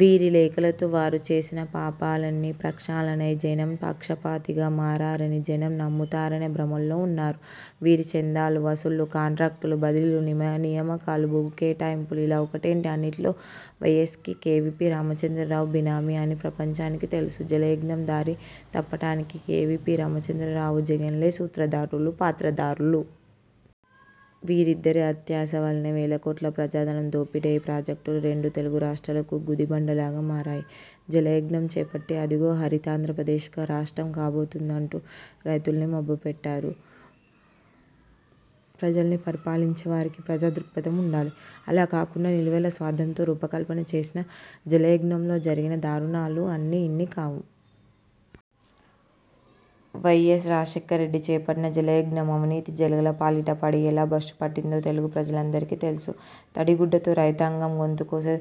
వీరి లేఖలతో వారు చేసిన పాపాలన్నీ ప్రక్షాళనై జనం పక్షపాతిగా మారారని జనం నమ్ముతారనే భ్రమల్లో వున్నారు వీరు. చందాలు, వసూళ్లు, కాంట్రాక్టులు, బదిలీలు, నియామకాలు, భూకేటాయింపులు ఇలా ఒకటేంటి అన్నిటిలో వైఎస్కి, కేవీపీ రామచంద్రరావు బినామీ అని ప్రపంచానికి తెలుసు. జలయజ్ఞం దారి తప్పటానికి కేవీపీ రామచంద్రరావు, జగన్లే సూత్రధారులు, పాత్రధారులు. వీరిద్దరి అత్యాశ వల్లనే వేలకోట్ల ప్రజాధనం దోపిడీ అయి ప్రాజెక్టులు రెండు తెలుగు రాష్ట్రాలకు గుదిబండలుగా మారాయి. జలయజ్ఞం చేపట్టి అదిగో హరితాంధ్రప్రదేశ్గా రాష్ట్రం కాబోతుంది అంటూ రైతుల్ని మభ్యపెట్టారు. ప్రజల్ని పరిపాలించే వారికి ప్రజా దృక్పథం వుండాలి. అలా కాకుండా నిలువెల్లా స్వార్థంతో రూపకల్పన చేసిన జలయజ్ఞంలో జరిగిన దారుణాలు అన్నీ ఇన్ని కావు. వైఎస్ రాజశేఖర్ రెడ్డి చేపట్టిన జలయజ్ఞం అవినీతి జలగలపాలిట పడి ఎలా భ్రష్టుపట్టిందో తెలుగు ప్రజలందరికీ తెలుసు. తడి గుడ్డతో రైతాంగం గొంతు కోసే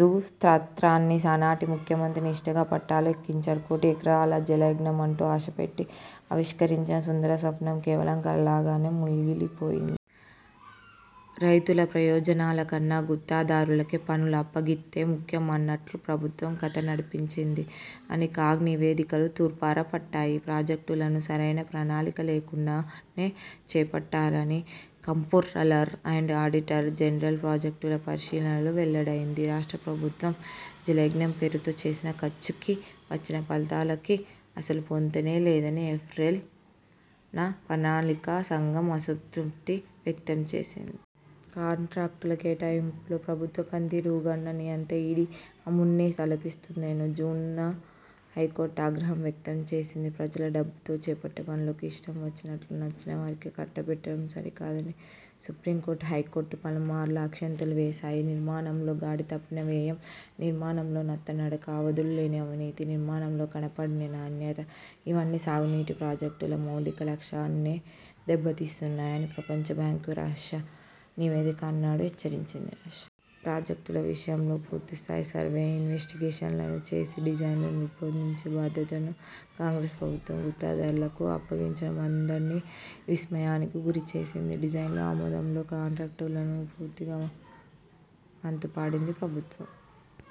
దుస్తంత్రాన్ని ఆనాటి ముఖ్యమంత్రి నిష్టగా పట్టాలు ఎక్కించారు. కోటి ఎకరాల జలయజ్ఞం అంటూ ఆశపెట్టి ఆవిష్కరించిన సుందర స్వప్నం కేవలం కలగానే మిగిలిపోయింది. రైతుల ప్రయోజనాల కన్నా గుత్తేదారులకు పనుల అప్పగింతే ముఖ్యం అన్నట్లు ప్రభుత్వం కథ నడిపించింది అని కాగ్ నివేదికలు తూర్పార పట్టాయి. ప్రాజెక్టులను సరైన ప్రణాళిక లేకుండానే చేపట్టారని కంప్ర్టోలర్ అండ్ ఆడిటర్ జనరల్ ప్రాజెక్టుల పరిశీలనలో వెల్లడైంది. రాష్ట్ర ప్రభుత్వం జలయజ్ఞం పేరుతో చేసిన ఖర్చుకి, వచ్చిన ఫలితాలకు అసలు పొంతనే లేదని ఏప్రిల్ న ప్రణాళికా సంఘం అసంతృప్తి వ్యక్తంచేసింది. కాంట్రాక్టులు కేటాయింపులో ప్రభుత్వ పనితీరు ఉగాండా నియంత ఇడీ అమీన్ను తలపిస్తుందని జూన్ న హైకోర్టు ఆగ్రహం వ్యక్తం చేసింది. ప్రజల డబ్బుతో చేపట్టే పనులను ఇష్టం వచ్చినట్లు నచ్చినవారికి కట్టబెట్టడం సరికాదని సుప్రీంకోర్టు, హైకోర్టు పలుమార్లు అక్షింతలు వేశాయి. నిర్మాణంలో గాడి తప్పిన వ్యయం, నిర్మాణంలో నత్త నడక, అవధులు లేని అవినీతి, నిర్మాణంలో కనపడని నాణ్యత ఇవన్నీ సాగునీటి ప్రాజెక్టుల మౌలిక లక్ష్యాన్నే దెబ్బతీస్తున్నాయి అని ప్రపంచ బ్యాంకు రహస్య నివేదిక ఆనాడే హెచ్చరించింది. ప్రాజెక్టుల విషయంలో పూర్తిస్థాయి సర్వే ఇన్వెస్టిగేషన్లను చేసి డిజైన్లను రూపొందించే బాధ్యతను కాంగ్రెస్ ప్రభుత్వం గుత్తేదారులకే అప్పగించడం అందర్నీ విస్మయానికి గురిచేసింది. డిజైన్ల ఆమోదంలో కాంట్రాక్టర్లకు పూర్తిగా వంత పాడింది ప్రభుత్వం.